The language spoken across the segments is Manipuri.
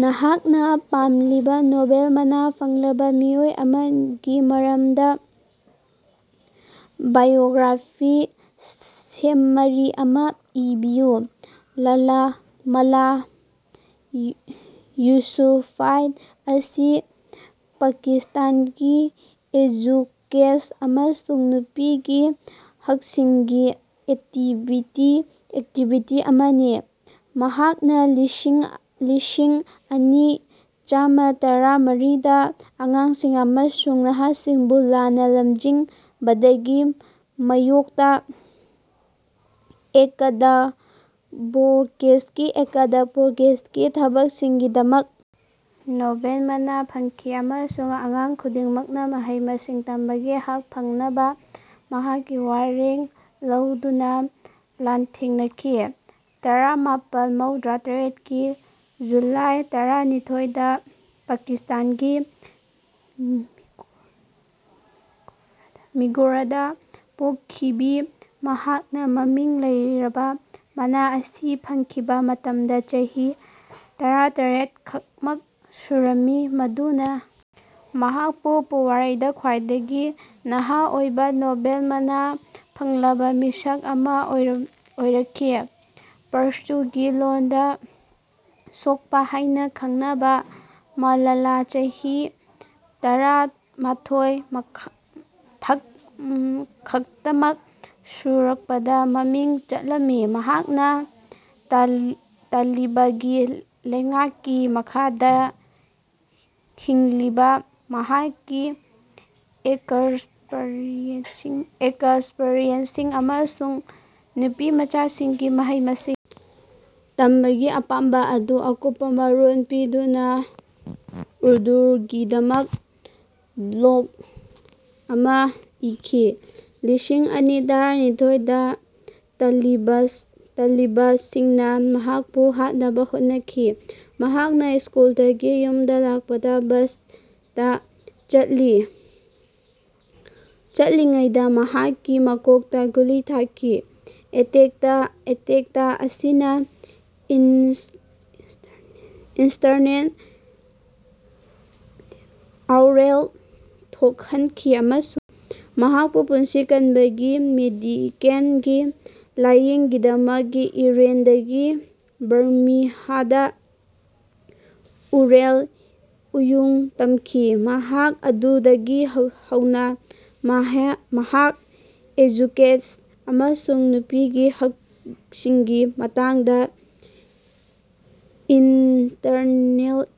ꯅꯍꯥꯛꯅꯥ ꯄꯥꯝꯂꯤꯕꯥ ꯅꯣꯕꯦꯜ ꯃꯅꯥ ꯐꯪꯂꯕꯥ ꯃꯤꯑꯣꯏ ꯑꯃꯒꯤ ꯃꯔꯝꯗꯥ ꯕꯥꯏꯑꯣꯒ꯭ꯔꯥꯐꯤꯛ ꯁꯝꯃꯥꯔꯤ ꯑꯃꯥ ꯏꯕꯤꯌꯨ꯫ ꯃꯥꯂꯥꯂꯥ ꯌꯨꯁꯨꯐꯖꯥꯏ ꯑꯁꯤ ꯄꯥꯀꯤꯁꯇꯥꯟꯒꯤ ꯑꯦꯖꯨꯀꯦꯁꯟ ꯑꯃꯁꯨꯡ ꯅꯨꯄꯤꯒꯤ ꯍꯛꯁꯤꯡꯒꯤ ꯑꯦꯛꯇꯤꯕꯤꯁ ꯑꯃꯅꯤ, ꯃꯍꯥꯛꯅꯥ ꯂꯤꯁꯤꯡꯑꯅꯤ ꯆꯥꯝꯇꯔꯥꯃꯔꯤꯗꯥ ꯑꯉꯥꯡꯁꯤꯡ ꯑꯃꯁꯨꯡ ꯅꯍꯥꯁꯤꯡꯕꯨ ꯂꯥꯟꯅꯥ ꯂꯝꯖꯤꯡꯕꯒꯤ ꯃꯥꯌꯣꯛꯇꯥ ꯑꯦꯗꯚꯣꯀꯦꯁꯤꯒꯤ ꯊꯕꯛꯁꯤꯡꯒꯤꯗꯃꯛ ꯅꯣꯕꯦꯜ ꯃꯅꯥ ꯐꯪꯈꯤ, ꯑꯃꯁꯨꯡ ꯑꯉꯥꯡ ꯈꯨꯗꯤꯡꯃꯛꯅꯥ ꯃꯍꯩ-ꯃꯁꯤꯡ ꯇꯝꯕꯒꯤ ꯍꯛ ꯐꯪꯅꯕꯥ ꯃꯍꯥꯛꯀꯤ ꯋꯥꯔꯦꯞ ꯂꯧꯗꯨꯅꯥ ꯂꯥꯟꯊꯦꯡꯅꯈꯤ꯫ ꯇꯔꯥꯃꯥꯄꯟ ꯃꯧꯗ꯭ꯔꯥꯇꯔꯦꯠꯀꯤ ꯖꯨꯂꯥꯏ ꯇꯔꯥꯅꯤꯊꯣꯏꯗꯥ ꯄꯥꯀꯤꯁꯇꯥꯟꯒꯤ ꯃꯤꯡꯒꯣꯔꯥꯗꯥ ꯄꯣꯛꯈꯤꯕꯤ ꯃꯍꯥꯛꯅꯥ ꯃꯃꯤꯡ ꯂꯩꯔꯕꯥ ꯃꯅꯥ ꯑꯁꯤ ꯐꯪꯈꯤꯕꯥ ꯃꯇꯝꯗꯥ ꯆꯍꯤ ꯇꯔꯥꯇꯔꯦꯠ ꯈꯛꯇꯃꯛ ꯁꯨꯔꯝꯃꯤ, ꯃꯗꯨꯅꯥ ꯃꯍꯥꯛꯄꯨ ꯄꯨꯋꯥꯔꯤꯗꯥ ꯈ꯭ꯋꯥꯏꯗꯒꯤ ꯅꯍꯥ ꯑꯣꯏꯕꯥ ꯅꯣꯕꯦꯜ ꯃꯅꯥ ꯐꯪꯂꯕꯥ ꯃꯤꯁꯛ ꯑꯃꯥ ꯑꯣꯏꯍꯟꯈꯤ꯫ ꯄꯁ꯭ꯇꯨꯟꯒꯤ ꯂꯣꯟꯗꯥ ꯁꯣꯛꯄꯥ ꯍꯥꯏꯅꯥ ꯈꯪꯅꯕꯥ ꯃꯥꯂꯥꯂꯥꯅꯥ ꯆꯍꯤ ꯇꯔꯥꯃꯥꯊꯣꯏ ꯈꯛꯇꯃꯛ ꯁꯨꯔꯛꯄꯗꯥ ꯃꯃꯤꯡ ꯆꯠꯂꯝꯃꯤ, ꯃꯍꯥꯛꯅꯥ ꯇꯥꯂꯤꯕꯥꯟꯒꯤ ꯂꯩꯉꯥꯛꯀꯤ ꯃꯈꯥꯗꯥ ꯍꯤꯡꯂꯤꯕꯥ ꯃꯍꯥꯛꯀꯤ ꯑꯦꯛꯁꯄꯔꯤꯌꯦꯟꯁꯁꯤꯡ ꯑꯃꯁꯨꯡ ꯅꯨꯄꯤꯃꯆꯥꯁꯤꯡꯒꯤ ꯃꯍꯩ-ꯃꯁꯤꯡ ꯇꯝꯕꯒꯤ ꯑꯄꯥꯝꯕꯥ ꯑꯗꯨ ꯑꯀꯨꯞꯄꯥ ꯃꯔꯣꯜ ꯄꯤꯗꯨꯅꯥ ꯎꯔꯗꯨꯒꯤꯗꯃꯛ ꯕ꯭ꯂꯣꯒ ꯑꯃꯥ ꯏꯈꯤ꯫ ꯂꯤꯁꯤꯡ ꯑꯅꯤ ꯇꯔꯥꯅꯤꯊꯣꯏꯗꯥ ꯇꯥꯂꯤꯕꯥꯟꯁꯤꯡꯅꯥ ꯃꯍꯥꯛꯄꯨ ꯍꯥꯠꯅꯕꯥ ꯍꯣꯠꯅꯈꯤ, ꯃꯍꯥꯛꯅꯥ ꯁ꯭ꯀꯨꯜꯗꯒꯤ ꯌꯨꯝꯗꯥ ꯂꯥꯛꯄꯥ ꯕꯁꯇꯥ ꯆꯠꯂꯤꯉꯩꯗꯥ ꯃꯍꯥꯛꯀꯤ ꯃꯀꯣꯛꯇꯥ ꯒꯨꯂꯤ ꯊꯥꯈꯤ꯫ ꯑꯦꯇꯦꯛꯇ ꯑꯁꯤꯅꯥ ꯏꯟꯇꯔꯅꯦꯁꯅꯦꯜ ꯑꯥꯎꯠꯔꯦꯖ ꯊꯣꯛꯍꯟꯈꯤ ꯑꯃꯁꯨꯡ ꯃꯍꯥꯛꯄꯨ ꯄꯨꯟꯁꯤ ꯀꯟꯅꯕꯒꯤ ꯃꯦꯗꯤꯀꯦꯜꯒꯤ ꯂꯥꯌꯦꯡꯒꯤꯗꯃꯛ ꯏꯪꯂꯦꯟꯗꯒꯤ ꯕꯔꯃꯤꯡꯍꯥꯝꯗꯥ ꯎꯔꯦꯞ ꯎꯌꯨꯡ ꯇꯝꯈꯤ꯫ ꯃꯇꯝ ꯑꯗꯨꯗꯒꯤ ꯍꯧꯅꯥ ꯃꯍꯥꯛ ꯑꯦꯖꯨꯀꯦꯁꯟ ꯑꯃꯁꯨꯡ ꯅꯨꯄꯤꯒꯤ ꯍꯛꯁꯤꯡꯒꯤ ꯃꯇꯥꯡꯗꯥ ꯏꯟꯇꯔꯅꯦꯁꯅꯦꯜ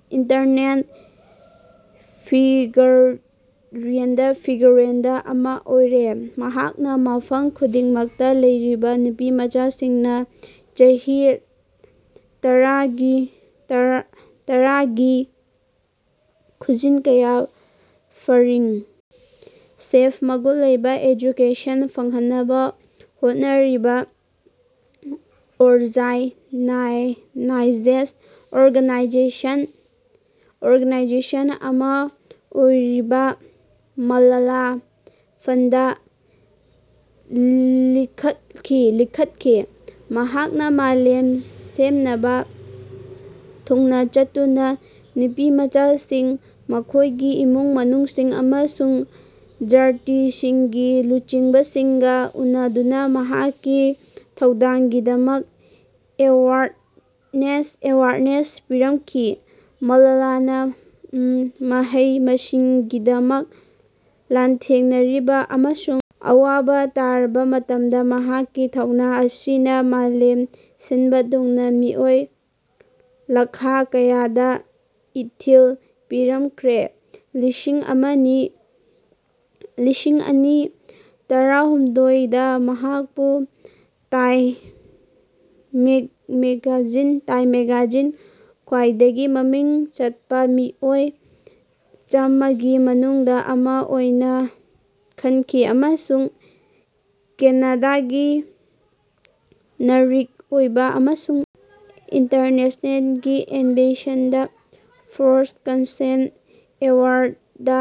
ꯐꯤꯒꯔꯍꯦꯗ ꯑꯃꯥ ꯑꯣꯏꯔꯦ꯫ ꯃꯍꯥꯛꯅꯥ ꯃꯐꯝ ꯈꯨꯗꯤꯡꯃꯛꯇꯥ ꯂꯩꯔꯤꯕꯥ ꯅꯨꯄꯤꯃꯆꯥꯁꯤꯡꯅꯥ ꯆꯍꯤ ꯇꯔꯥꯒꯤ ꯈꯨꯖꯤꯡ ꯀꯌꯥ ꯐ꯭ꯔꯤ, ꯁꯦꯐ, ꯃꯒꯨꯟ ꯂꯩꯕꯥ ꯑꯦꯖꯨꯀꯦꯁꯟ ꯐꯪꯍꯟꯅꯕꯥ ꯍꯣꯠꯅꯔꯤꯕꯥ ꯑꯣꯔꯒꯅꯥꯏꯖꯦꯁꯟ ꯑꯃꯥ ꯑꯣꯏꯔꯤꯕꯥ ꯃꯥꯂꯥꯂꯥ ꯐꯟꯗ ꯂꯤꯡꯈꯠꯈꯤ꯫ ꯃꯍꯥꯛꯅꯥ ꯃꯥꯂꯦꯝ ꯁꯤꯟꯕꯥ ꯊꯨꯡꯅꯥ ꯆꯠꯇꯨꯅꯥ ꯅꯨꯄꯤꯃꯆꯥꯁꯤꯡ, ꯃꯈꯣꯏꯒꯤ ꯏꯃꯨꯡ ꯃꯅꯨꯡꯁꯤꯡ, ꯑꯃꯁꯨꯡ ꯔꯥꯖꯅꯤꯇꯤꯒꯤ ꯂꯨꯆꯤꯡꯕꯁꯤꯡꯒꯥ ꯎꯅꯗꯨꯅꯥ ꯃꯍꯥꯛꯀꯤ ꯊꯧꯗꯥꯡꯒꯤꯗꯃꯛ ꯑꯦꯋꯦꯌꯔꯅꯦꯁ ꯄꯤꯈ꯭ꯔꯦ꯫ ꯃꯥꯂꯥꯂꯥꯅꯥ ꯃꯍꯩ-ꯃꯁꯤꯡꯒꯤꯗꯃꯛ ꯂꯥꯟꯊꯦꯡꯅꯔꯤꯕꯥ ꯑꯃꯁꯨꯡ ꯑꯋꯥꯕꯥ ꯇꯥꯔꯕꯥ ꯃꯇꯝꯗꯥ ꯃꯍꯥꯛꯀꯤ ꯊꯧꯅꯥ ꯑꯁꯤꯅꯥ ꯃꯥꯂꯦꯝ ꯁꯤꯟꯕꯥ ꯊꯨꯡꯅꯥ ꯃꯤꯑꯣꯏ ꯂꯥꯈ ꯀꯌꯥꯗꯥ ꯏꯊꯤꯜ ꯄꯤꯈ꯭ꯔꯦ꯫ ꯂꯤꯁꯤꯡꯑꯅꯤ ꯇꯔꯥꯍꯨꯝꯗꯣꯏꯗ ꯃꯍꯥꯛꯄꯨ ꯇꯥꯏꯝ ꯃꯦꯒꯥꯖꯤꯟꯒꯤ ꯈ꯭ꯋꯥꯏꯗꯒꯤ ꯃꯃꯤꯡ ꯆꯠꯄꯥ ꯃꯤꯑꯣꯏ ꯆꯥꯝꯃꯥꯒꯤ ꯃꯅꯨꯡꯗꯥ ꯑꯃꯥ ꯑꯣꯏꯅꯥ ꯈꯟꯈꯤ ꯑꯃꯁꯨꯡ ꯀꯦꯅꯥꯗꯥꯒꯤ ꯅꯥꯒꯔꯤꯛ ꯑꯣꯏꯕꯥ ꯑꯃꯁꯨꯡ ꯏꯟꯇꯔꯅꯦꯁꯅꯦꯜꯒꯤ ꯑꯦꯝꯕꯦꯁꯦꯗꯔ ꯑꯣꯐ ꯀꯟꯁꯦꯟꯁ ꯑꯦꯋꯥꯔꯗ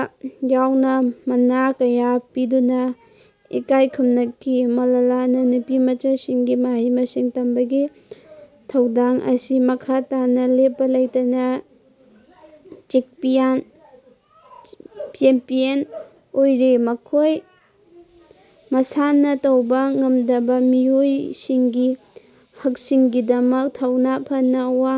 ꯌꯥꯎꯅꯥ ꯃꯅꯥ ꯀꯌꯥ ꯄꯤꯗꯨꯅꯥ ꯏꯀꯥꯏ ꯈꯨꯝꯅꯈꯤ꯫ ꯃꯥꯂꯥꯂꯥꯅꯥ ꯅꯨꯄꯤꯃꯆꯥꯁꯤꯡꯒꯤ ꯃꯍꯩ-ꯃꯁꯤꯡ ꯇꯝꯕꯒꯤ ꯊꯧꯗꯥꯡ ꯑꯁꯤ ꯃꯈꯥ ꯇꯥꯅꯥ ꯂꯦꯞꯄꯥ ꯂꯩꯇꯅꯥ ꯆꯦꯝꯄꯤꯌꯟ ꯑꯣꯏꯔꯤ, ꯃꯈꯣꯏ ꯃꯁꯥꯅꯥ ꯇꯧꯕꯥ ꯉꯝꯗꯕꯥ ꯃꯤꯑꯣꯏꯁꯤꯡꯒꯤ ꯍꯛꯁꯤꯡꯒꯤꯗꯃꯛ ꯊꯧꯅꯥ ꯐꯅꯥ ꯋꯥ ꯉꯥꯡꯂꯤ꯫